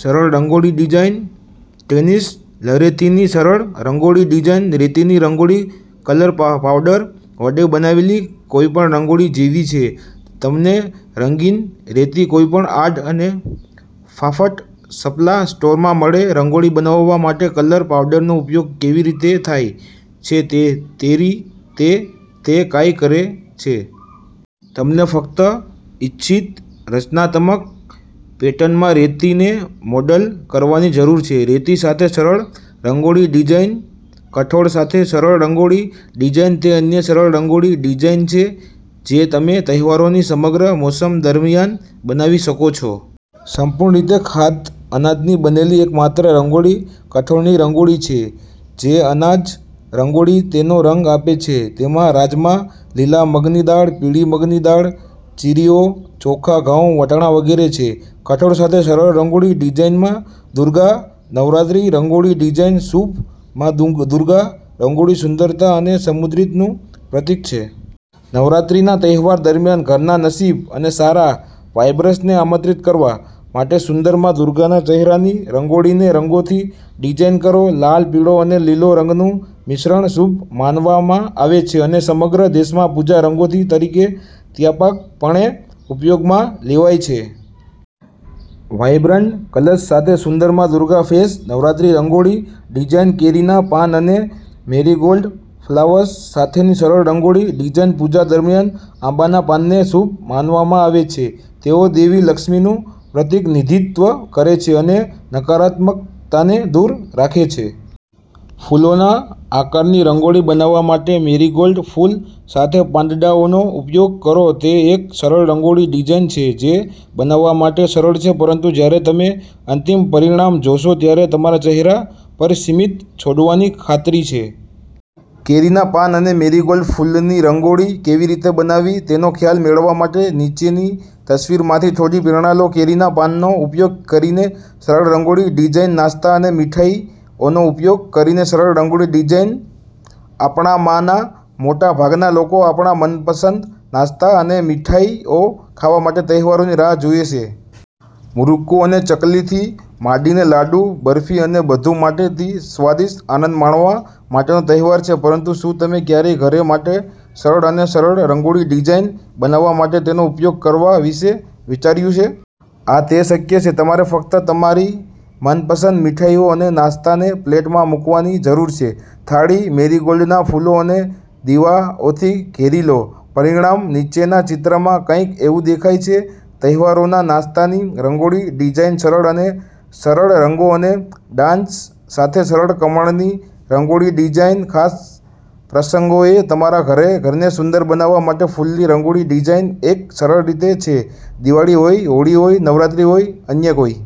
સરળ રંગોળી ડિઝાઇનસ્ટેન્સિલરેતીની સરળ રંગોળી ડિઝાઇન રેતીની રંગોળી કલર પાવડર વડે બનાવેલી કોઈપણ રંગોળી જેવીછે. તમનેરંગીન રેતી કોઈપણ આર્ટ અને ક્રાફ્ટ સપ્લાય સ્ટોરમાં મળશે. રંગોળી બનાવવા માટે કલર પાવડરનો ઉપયોગ કેવી રીતે થાય છે તેરીતે તે કાર્ય કરે છે. તમારે ફક્ત ઇચ્છિત રચનાત્મક પેટર્નમાં રેતીને મોલ્ડ કરવાની જરૂર છે. રેતી સાથે સરળ રંગોળી ડિઝાઇનકઠોળ સાથે સરળ રંગોળી ડિઝાઇન તે અન્ય સરળ રંગોળી ડિઝાઇન છે જે તમે તહેવારોની સમગ્ર મોસમ દરમિયાન બનાવી શકો છો. સંપૂર્ણ રીતે ખાદ્ય અનાજની બનેલી એકમાત્ર રંગોળી કઠોળની રંગોળી છે. જે અનાજ રંગોળીને તેનો રંગ આપે છે તેમાં રાજમા, લીલા મગની દાળ, પીળી મગની દાળ, ચીરીઓ, ચોખા, ઘઉં, વટાણા વગેરે છે. કઠોળ સાથે સરળ રંગોળી ડિઝાઇનમા દુર્ગા નવરાત્રી રંગોળી ડિઝાઇનશુભ મા દુર્ગા રંગોળી સુંદરતા અને સમૃદ્ધિનું પ્રતિક છે. નવરાત્રીના તહેવાર દરમિયાન ઘરના નસીબ અને સારા વાઇબ્સને આમંત્રિત કરવા માટેસુંદર મા દુર્ગાના ચહેરાની રંગોળીને રંગોથી ડિઝાઇન કરો. લાલ, પીળો અને લીલો રંગનું મિશ્રણ શુભ માનવામાં આવે છે અને સમગ્ર દેશમાં પૂજાના રંગો તરીકે વ્યાપકપણે ઉપયોગમાં લેવાય છે. વાઇબ્રન્ટ કલર્સ સાથે સુંદર મા દુર્ગા ફેસ નવરાત્રી રંગોળી ડિઝાઇનકેરીના પાન અને મેરીગોલ્ડ ફ્લાવર્સ સાથેની સરળ રંગોળી ડિઝાઇન પૂજા દરમિયાન આંબાના પાનને શુભ માનવામાં આવે છે. તેઓ દેવી લક્ષ્મીનું પ્રતિનિધિત્વ કરે છે અને નકારાત્મકતાને દૂર રાખે છે. ફૂલોના આકારની રંગોળી બનાવવા માટે મેરીગોલ્ડ ફૂલો સાથેપાંદડાઓનો ઉપયોગ કરો. તે એક સરળ રંગોળી ડિઝાઇન છે જે બનાવવા માટે સરળ છે પરંતુ જ્યારે તમે અંતિમ પરિણામ જોશો ત્યારે તમારા ચહેરા પર સ્મિત છોડવાની ખાતરી છે. કેરીના પાન અને મેરીગોલ્ડ ફૂલોની રંગોળી કેવી રીતે બનાવવી તેનો ખ્યાલ મેળવવા માટે નીચેની તસવીરમાંથી થોડી પ્રેરણા લો. કેરીના પાનનો ઉપયોગ કરીને સરળ રંગોળી ડિઝાઇનનાસ્તા અને મીઠાઈઓનો ઉપયોગ કરીને સરળ રંગોળી ડિઝાઇન આપણામાંના મોટા ભાગના લોકો આપણા મનપસંદ નાસ્તા અને મીઠાઈઓ ખાવા માટે તહેવારોની રાહ જુએ છે. મુરુક્કુ અને ચકલીથી માંડીને લાડુ, બરફી અને વધુ માટે, તે સ્વાદિષ્ટ આનંદ માણવા માટેનો તહેવાર છે. પરંતુ શું તમે ક્યારેય ઘર માટે સરળ અને સરળ રંગોળી ડિઝાઇન બનાવવા માટે તેનો ઉપયોગ કરવા વિશે વિચાર્યું છે? હા, તે શક્ય છે. તમારે ફક્ત તમારી મનપસંદ મીઠાઈઓ અને નાસ્તાને પ્લેટમાં મૂકવાની જરૂર છે. થાળીને મેરીગોલ્ડના ફૂલો અને દીવાઓથી ઘેરી લો. પરિણામ નીચેના ચિત્રમાં કંઈક એવું દેખાશે. તહેવારોના નાસ્તાની રંગોળી ડિઝાઇનસરળ અને સરળરંગો અને ડાયસ સાથે સરળ કમળની રંગોળી ડિઝાઇન ખાસ પ્રસંગોએ તમારા ઘરને સુંદર બનાવવા માટે ફૂલોની રંગોળી ડિઝાઇનએક સરળ રીત છે. દિવાળી હોય, હોળી હોય, નવરાત્રી હોય, અન્ય કોઈ